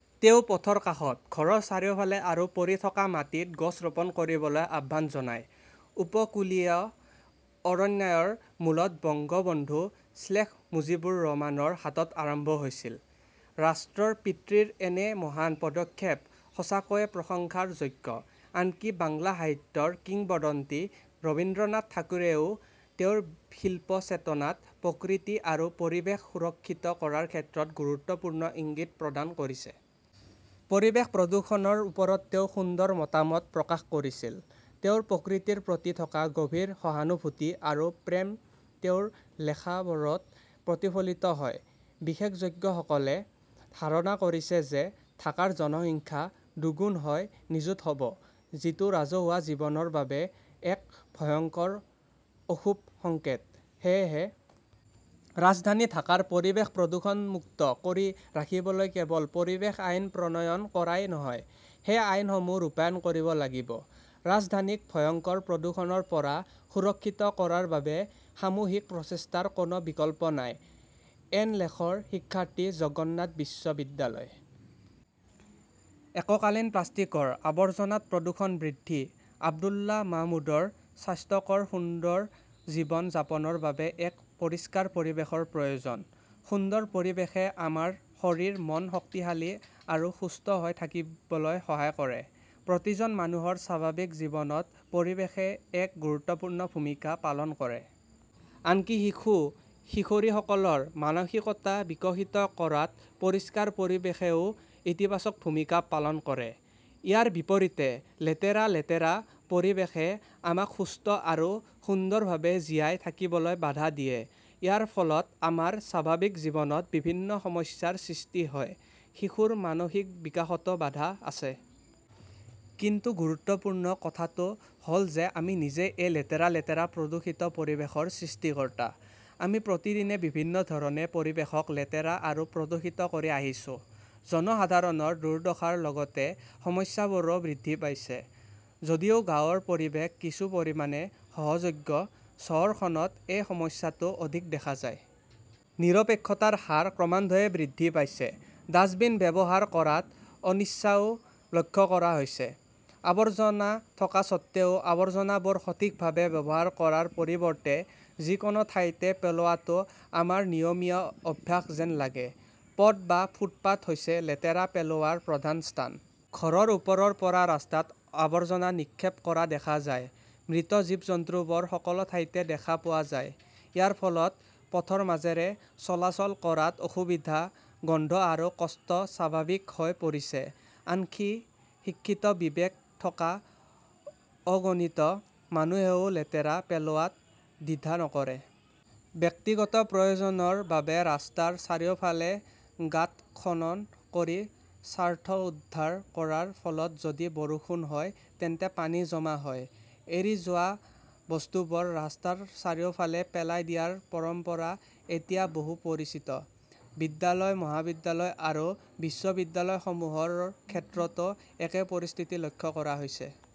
তেওঁ পথৰ কাষত, ঘৰৰ চাৰিওফালে আৰু পৰি থকা মাটিত গছ ৰোপণ কৰিবলৈ আহ্বান জনায়। উপকূলীয় অৰণ্যায়ন মূলত বংগবন্ধু শ্বেইখ মুজিবুৰ ৰহমানৰ হাতত আৰম্ভ হৈছিল। ৰাষ্ট্ৰৰ পিতৃৰ এনে মহান পদক্ষেপ সঁচাকৈয়ে প্ৰশংসাৰ যোগ্য। আনকি বাংলা সাহিত্যৰ কিংবদন্তি ৰবীন্দ্ৰনাথ ঠাকুৰেও তেওঁৰ শিল্প চেতনাত প্ৰকৃতি আৰু পৰিৱেশ সুৰক্ষিত কৰাৰ ক্ষেত্ৰত গুৰুত্বপূৰ্ণ ইংগিত প্ৰদান কৰিছে। পৰিৱেশ প্ৰদূষণৰ ওপৰত তেওঁ সুন্দৰ মতামত প্ৰকাশ কৰিছিল। তেওঁৰ প্ৰকৃতিৰ প্ৰতি থকা গভীৰ সহানুভূতি আৰু প্ৰেম তেওঁৰ লেখাবোৰত প্ৰতিফলিত হয়। বিশেষজজ্ঞসকলে ধাৰণা কৰিছে যে, ঢাকাৰ জনসংখ্যা দুগুণ হৈ নিযুত হ 'ব যিটো ৰাজহুৱা জীৱনৰ বাবে এক ভয়ংকৰ অশুভ সংকেত। সেয়েহে ৰাজধানী ঢাকাৰ পৰিৱেশ প্ৰদূষণমুক্ত কৰি ৰাখিবলৈ কেৱল পৰিৱেশ আইন প্ৰণয়ন কৰাই নহয়, সেই আইনসমূহ ৰূপায়ণ কৰিব লাগিব। ৰাজধানীক ভয়ংকৰ প্ৰদূষণৰ পৰা সুৰক্ষিত কৰাৰ বাবে সামূহিক প্ৰচেষ্টাৰ কোনো বিকল্প নাই। এন লেখক শিক্ষাৰ্থী জগন্নাথ বিশ্ববিদ্যালয়। এককালীন প্লাষ্টিকৰ আৱৰ্জনাত প্ৰদূষণ বৃদ্ধি আব্দুল্লাহ মাহমুদৰ স্বাস্থ্যকৰ সুন্দৰ জীৱন যাপনৰ বাবে এক পৰিষ্কাৰ পৰিৱেশৰ প্ৰয়োজন। সুন্দৰ পৰিৱেশে আমাৰ শৰীৰ-মন শক্তিশালী আৰু সুস্থ হৈ থাকিবলৈ সহায় কৰে। প্ৰতিজন মানুহৰ স্বাভাৱিক জীৱনত পৰিৱেশে এক গুৰুত্বপূৰ্ণ ভূমিকা পালন কৰে। আনকি শিশু-কিশোৰীসকলৰ মানসিকতা বিকশিত কৰাত পৰিষ্কাৰ পৰিৱেশেও ইতিবাচক ভূমিকা পালন কৰে। ইয়াৰ বিপৰীতে, লেতেৰা-লেতেৰা পৰিৱেশে আমাক সুস্থ আৰু সুন্দৰভাৱে জীয়াই থাকিবলৈ বাধা দিয়ে। ইয়াৰ ফলত আমাৰ স্বাভাৱিক জীৱনত বিভিন্ন সমস্যাৰ সৃষ্টি হয়। শিশুৰ মানসিক বিকাশতো বাধা আছে। কিন্তু গুৰুত্বপূৰ্ণ কথাটো হ 'ল যে আমি নিজেই এই লেতেৰা-লেতেৰা প্ৰদূষিত পৰিৱেশৰ সৃষ্টিকৰ্তা। আমি প্ৰতিদিনে বিভিন্ন ধৰণে পৰিৱেশক লেতেৰা আৰু প্ৰদূষিত কৰি আহিছো। জনসাধাৰণৰ দুৰ্দশাৰ লগতে সমস্যাবোৰো বৃদ্ধি পাইছে। যদিও গাঁৱৰ পৰিৱেশ কিছু পৰিমাণে সহযোগ্য, চহৰখনত এই সমস্যাটো অধিক দেখা যায়। নিৰপেক্ষতাৰ হাৰ ক্ৰমান্বয়ে বৃদ্ধি পাইছে। ডাস্টবিন ব্যৱহাৰ কৰাত অনিচ্ছাও লক্ষ্য কৰা হৈছে। আৱৰ্জনা থকা স্বত্বেও, আৱৰ্জনাবোৰ সঠিকভাৱে ব্যৱহাৰ কৰাৰ পৰিৱৰ্তে যিকোনো ঠাইতে পেলোৱাটো আমাৰ নিয়মীয় অভ্যাস যেন লাগে। পথ বা ফুটপাত হৈছে লেতেৰা পেলোৱাৰ প্ৰধান স্থান। ঘৰৰ ওপৰৰ পৰা ৰাস্তাত আৱৰ্জনা নিক্ষেপ কৰা দেখা যায়। মৃত জীৱ-জন্তুবোৰ সকলো ঠাইতে দেখা পোৱা যায়। ইয়াৰ ফলত পথৰ মাজেৰে চলাচল কৰাত অসুবিধা, গোন্ধ আৰু কষ্ট স্বাভাৱিক হৈ পৰিছে। আনকি শিক্ষিত বিবেক থকা অগণিত মানুহেও লেতেৰা পেলোৱাত দ্বিধা নকৰে। ব্যক্তিগত প্ৰয়োজনৰ বাবে ৰাস্তাৰ চাৰিওফালে গাঁত খনন কৰি স্বাৰ্থ উদ্ধাৰ কৰাৰ ফলত যদি বৰষুণ হয় তেন্তে পানী জমা হয়। এৰি যোৱা বস্তুবোৰ ৰাস্তাৰ চাৰিওফালে পেলাই দিয়াৰ পৰম্পৰা এতিয়া বহু পৰিচিত। বিদ্যালয়, মহাবিদ্যালয় আৰু বিশ্ববিদ্যালয়সমূহৰ ক্ষেত্ৰতো একেই পৰিস্থিতি লক্ষ্য কৰা হৈছে।